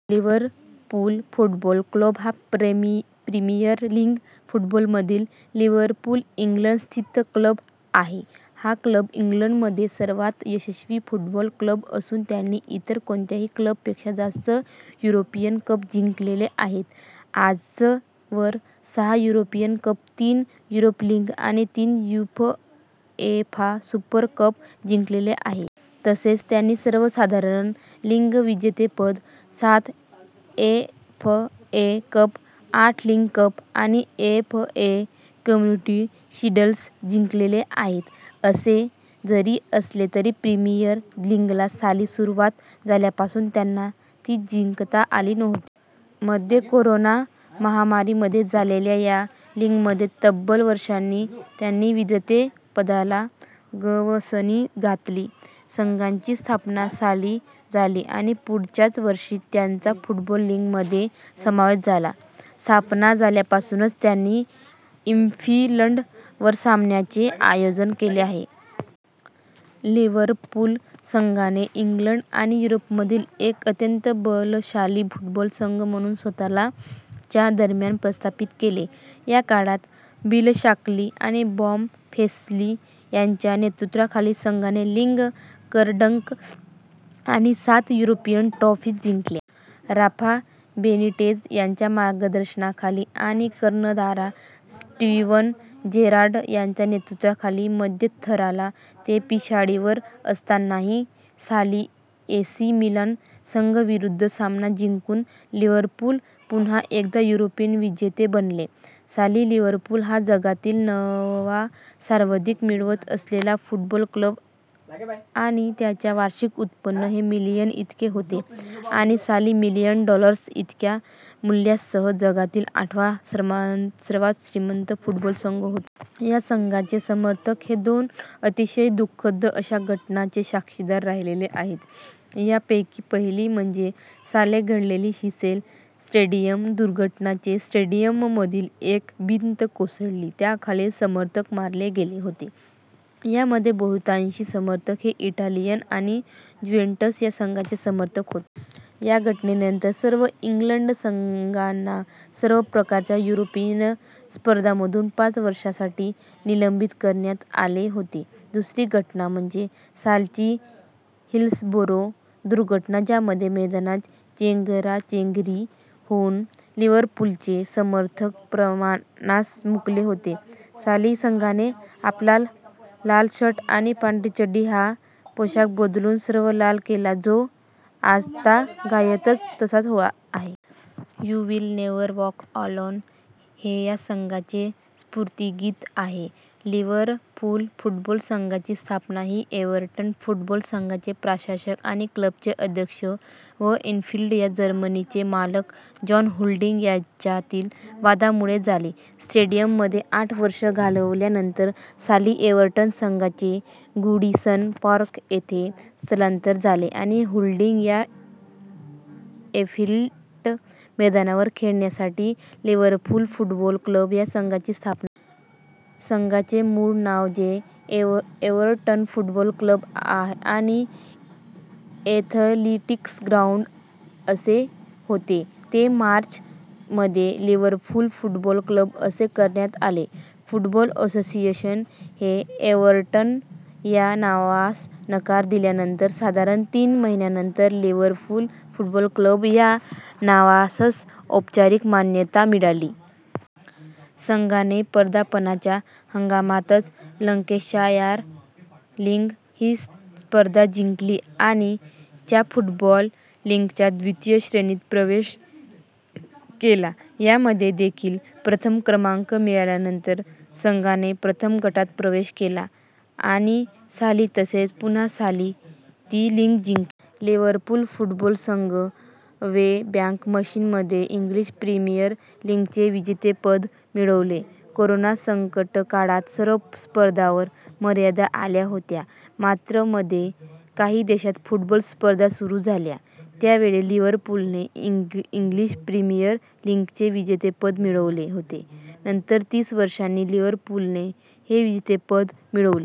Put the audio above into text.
Liverpool Football Club हा Premier League football मधील Liverpool, England स्थित क्लब आहे. हा क्लब इंग्लंडमधील सर्वात यशस्वी फुटबॉल क्लब असून त्यांनी इतर कोणत्याही क्लब पेक्षा जास्त युरोपियन कप जिंकलेले आहेत. आजवर सहा युरोपियन कप, तीन युरोप लीग आणि तीन युएफा सुपर कप जिंकलेले आहेत. तसेच त्यांनी सर्वसाधारण लीग विजेतेपद, सात एफए कप, आठ लीग कप, आणि एफए कम्युनिटी शील्ड्स जिंकलेले आहेत. असे जरी असले तरी प्रिमियर लीगला साली सुरुवात झाल्यापासून त्यांना ती जिंकता आली नव्हती. मध्ये करोना महामारीमध्ये झालेल्या या लीगमध्ये तब्बल वर्षांनी त्यांनी विजेतेपदाला गवसणी घातली. संघाची स्थापना साली झाली आणि पुढच्याच वर्षी त्यांचा फुटबॉल लीग मध्ये समावेश झाला. स्थापना झाल्यापासूनच त्यानी एन्फिल्ड वर सामन्यांचे आयोजन केले आहे. लिवरपूल संघाने इंग्लंड आणि युरोपमधील एक अत्यंत बलशाली फुटबॉल संघ म्हणून स्वतःला - च्या दरम्यान प्रस्थापित केले. या काळात बिल शांकली आणि बॉब पेस्ली यांच्या नेतृत्वाखाली संघाने लीग करंडक आणि सात युरोपियन ट्रोफिज जिंकल्या. राफा बेनिटेज यांच्या मार्गदर्शनाखाली आणि कर्णधार स्टीवन जेरार्ड याच्या नेतृत्वाखाली मध्यंतराला - ने पिछाडीवर असतानाही साली एसी मिलान संघाविरुद्ध सामना जिंकून लिवरपूल पुन्हा एकदा युरोपियन विजेते बनले. - साली लिवरपूल हा जगातील नववा सर्वाधिक मिळकत असेलला फुटबॉल क्लब होता, आणि त्यांचे वार्षिक उत्पन्न हे मिलियन इतके होते, आणि साली मिलियन डॉलर्स इतक्या मुल्ल्यासह जगातील आठवा सर्वात श्रीमंत फुटबॉल संघ होता. या संघाचे समर्थक हे दोन अतिशय दुःखद अशा घटनांचे साक्षीदार राहिलेले आहेत. या पैकी पहिली म्हणजे साले घडलेली हेसेल स्टेडियम दुर्घटना जिथे स्टेडियममधील एक भिंत कोसळून त्याखाली समर्थक मारले गेले होते. यामध्ये बहुतांशी समर्थक हे इटालियन आणि जूवेंटस या संघाचे समर्थक होते. या घटनेनंतर सर्व इंग्लिश संघांना सर्व प्रकारच्या युरोपियन स्पर्धांमधून पाच वर्षांसाठी निलंबित करण्यात आले होते. दुसरी घटना म्हणजे सालची हिल्सबोरो दुर्घटना ज्यामध्ये मैदानात चेंगराचेंगरी होऊन लिवरपूलचे समर्थक प्राणास मुकले होते. साली संघाने आपला लाल शर्ट आणि पांढरी चड्डी हा पोशाख बदलून सर्व लाल केला, जो आजतागायत तसाच आहे. "You will never walk alone" हे या संघाचे स्फूर्तीगीत आहे लिवरपूल फुटबॉल संघाची स्थापना ही एव्हर्टन फुटबॉल संघाचे प्रशासक आणि क्लबचे अध्यक्ष व एन्फिल्ड या जमिनीचे मालक जॉन हुल्डींग यांच्यातील वादामुळे झाली. स्टेडीयममध्ये आठ वर्षे घालवल्यानंतर साली एव्हर्टन संघाचे गूडीसन पार्क येथे स्थलांतर झाले आणि हुल्डींग यांनी एन्फिल्ड मैदानावर खेळण्यासाठी लिवरपूल फुटबॉल क्लब या संघाची स्थापना केली. संघाचे मूळ नाव जे "एव्हर्टन फुटबॉल क्लब आणि एथलेटिक्स ग्राउंड " असे होते ते मार्च मध्ये लिवरपूल फुटबॉल क्लब असे करण्यात आले. फुटबॉल असोसिएशन ने एव्हर्टन या नावास नकार दिल्यानंतर साधारण तीन महिन्यानंतर लिवरपूल फुटबॉल क्लब या नावासस औपचारिक मान्यता मिळाली. संघाने पदार्पणाच्या हंगामातच लँकेशायार लीग ही स्पर्धा जिंकली आणि - च्या फुटबॉल लीगच्या द्वितीय श्रेणीत प्रेवेश केला. यामध्ये देखील प्रथम क्रमांक मिळवल्यानंतर संघाने प्रथम गटात प्रवेश केला आणि साली तसेच पुन्हा साली ती लीग जिंकली. लिवरपूल फुटबॉल संघ वेबॅक मशीन. मध्ये इंग्लिश प्रीमियर लीगचे विजेतेपद मिळविले. करोना संकटकाळात सर्व स्पर्धांवर मर्यादा आल्या होत्या. मात्र मध्ये काही देशांत फुटबॉल स्पर्धा सुरू झाल्या. त्या वेळी लिवरपूलने इंग्लिश प्रीमियर लीगचे विजेतेपद मिळविले होते. नंतर तीस वर्षांनी लिवरपूलने हे विजेतेपद मिळविले.